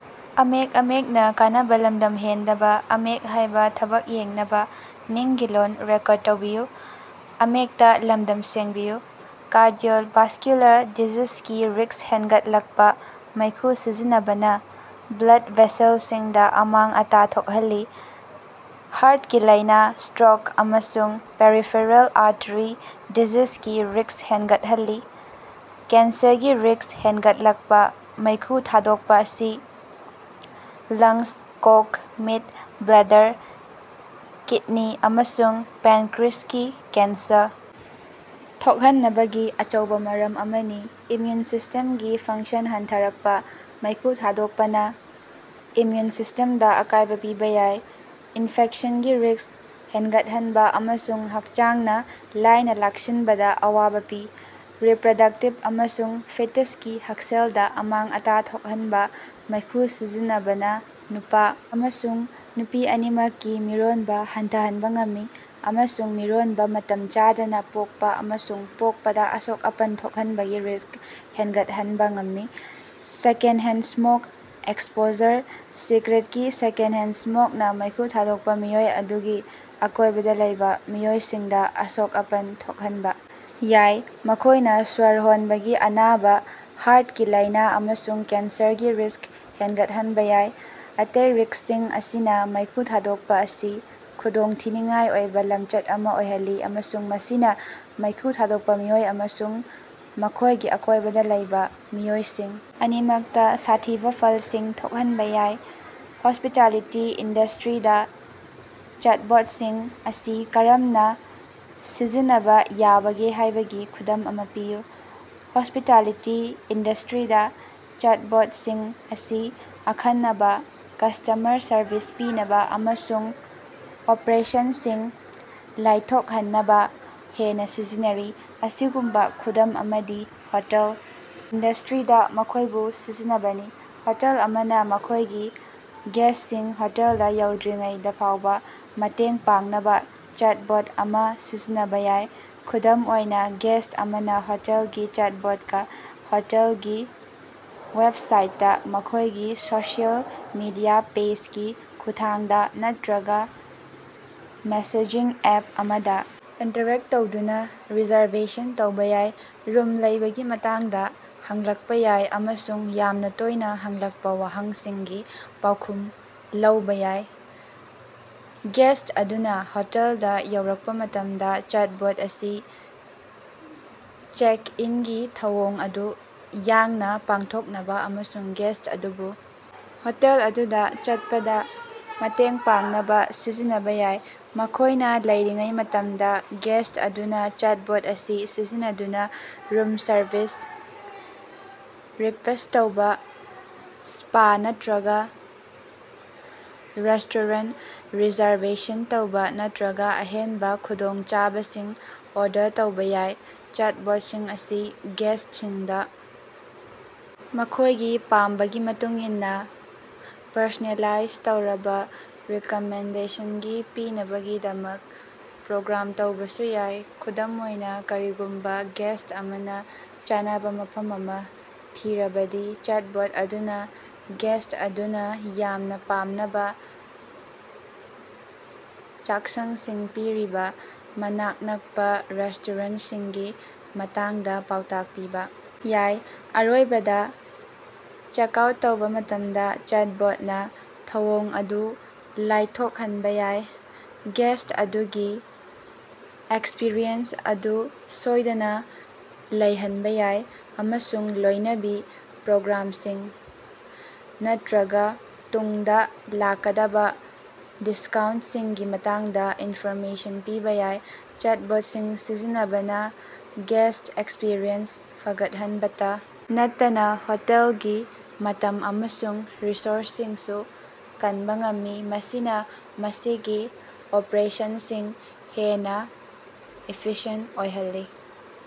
Cardiovascular ꯗꯤꯖꯤꯖꯒꯤ risk ꯍꯦꯟꯒꯠꯂꯛꯄꯥ: ꯃꯩꯈꯨ ꯁꯤꯖꯤꯟꯅꯕꯅ ꯕ꯭ꯂꯗ ꯚꯦꯁꯦꯜꯁꯤꯡꯗ ꯑꯃꯥꯡ-ꯑꯇꯥ ꯊꯣꯛꯍꯜꯂꯤ, ꯍꯥꯔꯠꯀꯤ ꯂꯥꯏꯅꯥ, ꯁ꯭ꯇꯔꯣꯛ ꯑꯃꯁꯨꯡ ꯄꯦꯔꯤꯐꯦꯔꯦꯜ ꯑꯥꯔꯇꯦꯔꯤ ꯗꯤꯖꯤꯖꯒꯤ ꯔꯤꯛ꯭ꯁ ꯍꯦꯟꯒꯠꯍꯜꯂꯤ꯫ ꯀꯦꯟꯁꯔꯒꯤ ꯔꯤꯛ꯭ꯁ ꯍꯦꯟꯒꯠꯂꯛꯄꯥ: ꯃꯩꯈꯨ ꯊꯥꯗꯣꯛꯄ ꯑꯁꯤ ꯂꯪꯁ, ꯀꯣꯛ, ꯃꯤꯠ, ꯕ꯭ꯂꯦꯗꯔ, ꯀꯤꯗꯅꯤ, ꯑꯃꯁꯨꯡ ꯄꯦꯟꯀꯔꯤꯑꯦꯁꯀꯤ ꯀꯦꯟꯁꯔ ꯊꯣꯛꯍꯟꯕꯒꯤ ꯑꯆꯧꯕ ꯃꯔꯝ ꯑꯃꯅꯤ꯫ ꯏꯝꯃꯌꯨꯟ ꯁꯤꯁ꯭ꯇꯦꯝꯒꯤ ꯐꯪꯁꯟ ꯍꯟꯊꯔꯛꯄꯥ: ꯃꯩꯈꯨ ꯊꯥꯗꯣꯛꯄꯅ ꯏꯝꯃ꯭ꯌꯨꯟ ꯁꯤꯁ꯭ꯇꯦꯝꯗ ꯑꯀꯥꯏꯕ ꯄꯤꯕ ꯌꯥꯏ, ꯏꯟꯐꯦꯛꯁꯟꯒꯤ ꯔꯤꯛ꯭ꯁ ꯍꯦꯟꯒꯠꯍꯟꯕ ꯑꯃꯁꯨꯡ ꯍꯛꯆꯥꯡꯅ ꯂꯥꯏꯅ ꯂꯥꯛꯁꯤꯟꯕꯗ ꯑꯋꯥꯕꯥ ꯄꯤ꯫ ꯔꯤꯄ꯭ꯔꯗꯛꯇꯤꯚ ꯑꯃꯁꯨꯡ ꯐꯤꯇꯁꯀꯤ ꯍꯛꯁꯦꯜꯗ ꯑꯃꯥꯡ-ꯑꯇꯥ ꯊꯣꯛꯍꯟꯕꯥ: ꯃꯩꯈꯨ ꯁꯤꯖꯤꯟꯅꯕꯅ ꯅꯨꯄꯥ ꯑꯃꯁꯨꯡ ꯅꯨꯄꯤ ꯑꯅꯤꯃꯛꯀꯤ ꯃꯤꯔꯣꯟꯕ ꯍꯟꯊꯍꯟꯕ ꯉꯝꯃꯤ ꯑꯃꯁꯨꯡ ꯃꯤꯔꯣꯟꯕꯥ, ꯃꯇꯝ ꯆꯥꯗꯅ ꯄꯣꯛꯄ ꯑꯃꯁꯨꯡ ꯄꯣꯛꯄꯗ ꯑꯁꯣꯛ-ꯑꯄꯟ ꯊꯣꯛꯍꯟꯕꯒꯤ ꯔꯤꯛ꯭ꯁ ꯍꯦꯟꯒꯠꯍꯟꯕ ꯉꯝꯃꯤ꯫ ꯁꯦꯀꯦꯟꯗꯍꯦꯟꯗ ꯁ꯭ꯃꯣꯛ ꯑꯦꯛꯁꯄꯣꯖꯔ: ꯁꯤꯒꯥꯔꯦꯠꯒꯤ ꯁꯦꯀꯦꯟꯗꯍꯦꯟꯗ ꯁ꯭ꯃꯣꯛꯅꯥ ꯃꯩꯈꯨ ꯊꯥꯗꯣꯛꯄ ꯃꯤꯑꯣꯏ ꯑꯗꯨꯒꯤ ꯑꯀꯣꯏꯕꯗ ꯂꯩꯕ ꯃꯤꯑꯣꯏꯁꯤꯡꯗ ꯑꯁꯣꯛ-ꯑꯄꯟ ꯊꯣꯛꯍꯟꯕ ꯌꯥꯏ, ꯃꯈꯣꯏꯅ ꯁ꯭ꯋꯔ ꯍꯣꯟꯕꯒꯤ ꯑꯅꯥꯕ, ꯍꯥꯔꯠꯀꯤ ꯂꯥꯏꯅ ꯑꯃꯁꯨꯡ ꯀꯦꯟꯁꯔꯒꯤ ꯔꯤꯛ꯭ꯁ ꯍꯦꯟꯒꯠꯍꯟꯕ ꯌꯥꯏ꯫ ꯑꯇꯩ ꯔꯤꯛꯁꯁꯤꯡ ꯑꯁꯤꯅ ꯃꯩꯈꯨ ꯊꯥꯗꯣꯛꯄ ꯑꯁꯤ ꯈꯨꯗꯣꯡꯊꯤꯅꯤꯉꯥꯏ ꯑꯣꯏꯕ ꯂꯝꯆꯠ ꯑꯃꯥ ꯑꯣꯏꯍꯜꯂꯤ ꯑꯃꯁꯨꯡ ꯃꯁꯤꯅ ꯃꯩꯈꯨ ꯊꯥꯗꯣꯛꯄ ꯃꯤꯑꯣꯏ ꯑꯃꯁꯨꯡ ꯃꯈꯣꯏꯒꯤ ꯑꯀꯣꯏꯕꯗ ꯂꯩꯕ ꯃꯤꯑꯣꯏꯁꯤꯡ ꯑꯅꯤꯃꯛꯇ ꯁꯥꯊꯤꯕ ꯐꯜꯁꯤꯡ ꯊꯣꯛꯍꯟꯕ ꯌꯥꯏ꯫ ꯍꯣꯁ꯭ꯄꯤꯇꯥꯂꯤꯇꯤ ꯏꯟꯗꯁ꯭ꯇꯔꯤꯗ ꯆꯦꯠꯕꯣꯠꯁꯤꯡ ꯑꯁꯤ ꯀꯔꯝꯅ ꯁꯤꯖꯤꯟꯅꯕ ꯌꯥꯕꯒꯦ ꯍꯥꯏꯕꯒꯤ ꯈꯨꯗꯝ ꯑꯃꯥ ꯄꯤꯌꯨ꯫ ꯍꯣꯁ꯭ꯄꯤꯇꯥꯂꯤꯇꯤ ꯏꯟꯗꯁ꯭ꯇꯔꯤꯗꯥ ꯆꯦꯠꯕꯣꯠꯁꯤꯡ ꯑꯁꯤ ꯑꯈꯟꯅꯕ ꯀꯁ꯭ꯇꯃꯔ ꯁꯔꯕꯤꯁ ꯄꯤꯅꯕ ꯑꯃꯁꯨꯡ ꯑꯣꯄꯔꯦꯁꯟꯁꯤꯡ ꯂꯥꯏꯊꯣꯛꯍꯟꯅꯕ ꯍꯦꯟꯅ ꯁꯤꯖꯤꯟꯅꯔꯤ꯫ ꯑꯁꯤꯒꯨꯝꯕ ꯈꯨꯗꯝ ꯑꯃꯗꯤ ꯍꯣꯇꯦꯜ ꯏꯟꯗꯁ꯭ꯇꯔꯤꯗ ꯃꯈꯣꯏꯕꯨ ꯁꯤꯖꯤꯟꯅꯕꯅꯤ꯫ ꯍꯣꯇꯦꯜ ꯑꯃꯅ ꯃꯈꯣꯏꯒꯤ ꯒꯦꯁ꯭ꯠꯁꯤꯡ ꯍꯣꯇꯦꯜꯗ ꯌꯧꯗ꯭ꯔꯤꯉꯩꯗ ꯐꯥꯎꯕ ꯃꯇꯦꯡ ꯄꯥꯡꯅꯕ ꯆꯦꯠꯕꯣꯠ ꯑꯃꯥ ꯁꯤꯖꯤꯟꯅꯕ ꯌꯥꯏ꯫ ꯈꯨꯗꯝ ꯑꯣꯏꯅ, ꯒꯦꯁ꯭ꯠ ꯑꯃꯅ ꯍꯣꯇꯦꯜꯒꯤ ꯆꯦꯠꯕꯣꯠꯀꯥ ꯍꯣꯇꯦꯜꯒꯤ ꯋꯦꯕꯁꯥꯏꯠꯇ, ꯃꯈꯣꯏꯒꯤ ꯁꯣꯁꯤꯑꯦꯜ ꯃꯤꯗꯤꯌꯥ ꯄꯦꯖꯒꯤ ꯈꯨꯠꯊꯥꯡꯗ ꯅꯠꯇ꯭ꯔꯒ ꯃꯦꯁꯦꯖꯤꯡ ꯑꯦꯞ ꯑꯃꯗ ꯏꯟꯇꯔꯦꯛ ꯇꯧꯗꯨꯅ ꯔꯤꯖꯔꯕꯦꯁꯟ ꯇꯧꯕ ꯌꯥꯏ, ꯔꯨꯝ ꯂꯩꯕꯒꯤ ꯃꯇꯥꯡꯗ ꯍꯪꯂꯛꯄꯥ ꯌꯥꯏ ꯑꯃꯁꯨꯡ ꯌꯥꯝꯅ ꯇꯣꯏꯅ ꯍꯪꯂꯛꯄ ꯋꯥꯍꯪꯁꯤꯡꯒꯤ ꯄꯥꯎꯈꯨꯝ ꯂꯧꯕꯥ ꯌꯥꯏ꯫ ꯒꯦꯁ꯭ꯠ ꯑꯗꯨꯅ ꯍꯣꯇꯦꯜꯗꯥ ꯌꯧꯔꯛꯄ ꯃꯇꯝꯗ, ꯆꯦꯠꯕꯣꯠ ꯑꯁꯤ ꯆꯦꯛ-ꯏꯟꯒꯤ ꯊꯧꯑꯣꯡ ꯑꯗꯨ ꯌꯥꯡꯅ ꯄꯥꯡꯊꯣꯛꯅꯕ ꯑꯃꯁꯨꯡ ꯒꯦꯁ꯭ꯠ ꯑꯗꯨꯕꯨ ꯍꯣꯇꯦꯜ ꯑꯗꯨꯗ ꯆꯠꯄꯗ ꯃꯇꯦꯡ ꯄꯥꯡꯅꯕ ꯁꯤꯖꯤꯟꯅꯕ ꯌꯥꯏ꯫ ꯃꯈꯣꯏꯅ ꯂꯩꯔꯤꯉꯩ ꯃꯇꯝꯗ, ꯒꯦꯁ꯭ꯠ ꯑꯗꯨꯅ ꯆꯦꯠꯕꯣꯠ ꯑꯁꯤ ꯁꯤꯖꯤꯟꯅꯗꯨꯅ ꯔꯨꯝ ꯁꯔꯚꯤꯁ ꯔꯤꯛꯕꯦꯁ꯭ꯠ ꯇꯧꯕ, ꯁ꯭ꯄꯥ ꯅꯠꯇ꯭ꯔꯒ ꯔꯦꯁ꯭ꯇꯣꯔꯦꯟ ꯔꯤꯖꯔꯕꯦꯁꯟ ꯇꯧꯕ ꯅꯠꯇ꯭ꯔꯒ ꯑꯍꯦꯟꯕ ꯈꯨꯗꯣꯡꯆꯥꯕꯁꯤꯡ ꯑꯣꯔꯗꯔ ꯇꯧꯕꯥ ꯌꯥꯏ꯫ ꯆꯦꯠꯕꯣꯠꯁꯤꯡ ꯑꯁꯤ ꯒꯦꯁ꯭ꯠꯁꯤꯡꯗ ꯃꯈꯣꯏꯒꯤ ꯄꯥꯝꯕꯒꯤ ꯃꯇꯨꯡꯏꯟꯅ ꯄꯔꯁꯣꯅꯦꯂꯥꯏꯖ ꯇꯧꯔꯕ ꯔꯤꯀꯃꯦꯟꯗꯦꯁꯟꯁꯤꯡ ꯄꯤꯅꯕꯒꯤꯗꯃꯛ ꯄ꯭ꯔꯣꯒ꯭ꯔꯥꯝ ꯇꯧꯕꯁꯨ ꯌꯥꯏ꯫ ꯈꯨꯗꯝ ꯑꯣꯏꯅꯥ, ꯀꯔꯤꯒꯨꯝꯕ ꯒꯦꯁ꯭ꯠ ꯑꯃꯅ ꯆꯥꯅꯕ ꯃꯐꯝ ꯑꯃ ꯊꯤꯔꯕꯗꯤ, ꯆꯦꯠꯕꯣꯠ ꯑꯗꯨꯅ ꯒꯦꯁ꯭ꯠ ꯑꯗꯨꯅ ꯌꯥꯝꯅ ꯄꯥꯝꯅꯕ ꯆꯥꯛꯁꯪꯁꯤꯡ ꯄꯤꯔꯤꯕ ꯃꯅꯥꯛ ꯅꯛꯄ ꯔꯦꯁ꯭ꯇꯣꯔꯦꯟꯠꯁꯤꯡꯒꯤ ꯃꯇꯥꯡꯗ ꯄꯥꯎꯇꯥꯛ ꯄꯤꯕ ꯌꯥꯏ꯫ ꯑꯔꯣꯏꯕꯗ, ꯆꯦꯛꯑꯥꯎꯠ ꯇꯧꯕ ꯃꯇꯝꯗ, ꯆꯦꯠꯕꯣꯠꯅ ꯊꯧꯑꯣꯡ ꯑꯗꯨ ꯂꯥꯏꯊꯣꯛꯍꯟꯕ ꯌꯥꯏ, ꯒꯦꯁ꯭ꯠ ꯑꯗꯨꯒꯤ ꯑꯦꯛꯁꯄꯤꯔꯤꯑꯦꯟꯁ ꯑꯗꯨ ꯁꯣꯏꯗꯅ ꯂꯩꯍꯟꯕ ꯌꯥꯏ, ꯑꯃꯁꯨꯡ ꯂꯣꯏꯅꯕꯤ ꯄ꯭ꯔꯣꯒ꯭ꯔꯥꯝꯁꯤꯡ ꯅꯠꯇꯔꯒ ꯇꯨꯡꯗ ꯂꯥꯛꯀꯗꯕ ꯗꯤꯁꯀꯥꯎꯟꯠꯁꯤꯡꯒꯤ ꯃꯇꯥꯡꯗ ꯏꯟꯐꯣꯔꯃꯦꯁꯟ ꯄꯤꯕ ꯌꯥꯏ꯫ ꯆꯦꯠꯕꯣꯠꯁꯤꯡ ꯁꯤꯖꯤꯟꯅꯕꯅ ꯒꯦꯁ꯭ꯠ ꯑꯦꯛꯁꯄꯤꯔꯤꯑꯦꯟꯁ ꯐꯒꯠꯍꯟꯕꯇ ꯅꯠꯇꯅ ꯍꯣꯇꯦꯜꯒꯤ ꯃꯇꯝ ꯑꯃꯁꯨꯡ ꯔꯤꯁꯣꯔꯁꯁꯤꯡꯁꯨ ꯀꯟꯕ ꯉꯝꯃꯤ, ꯃꯁꯤꯅ ꯃꯁꯤꯒꯤ ꯑꯣꯄꯔꯦꯁꯟꯁꯤꯡ ꯍꯦꯟꯅ ꯏꯐꯤꯁꯤꯌꯦꯟꯠ ꯑꯣꯏꯍꯜꯂꯤ꯫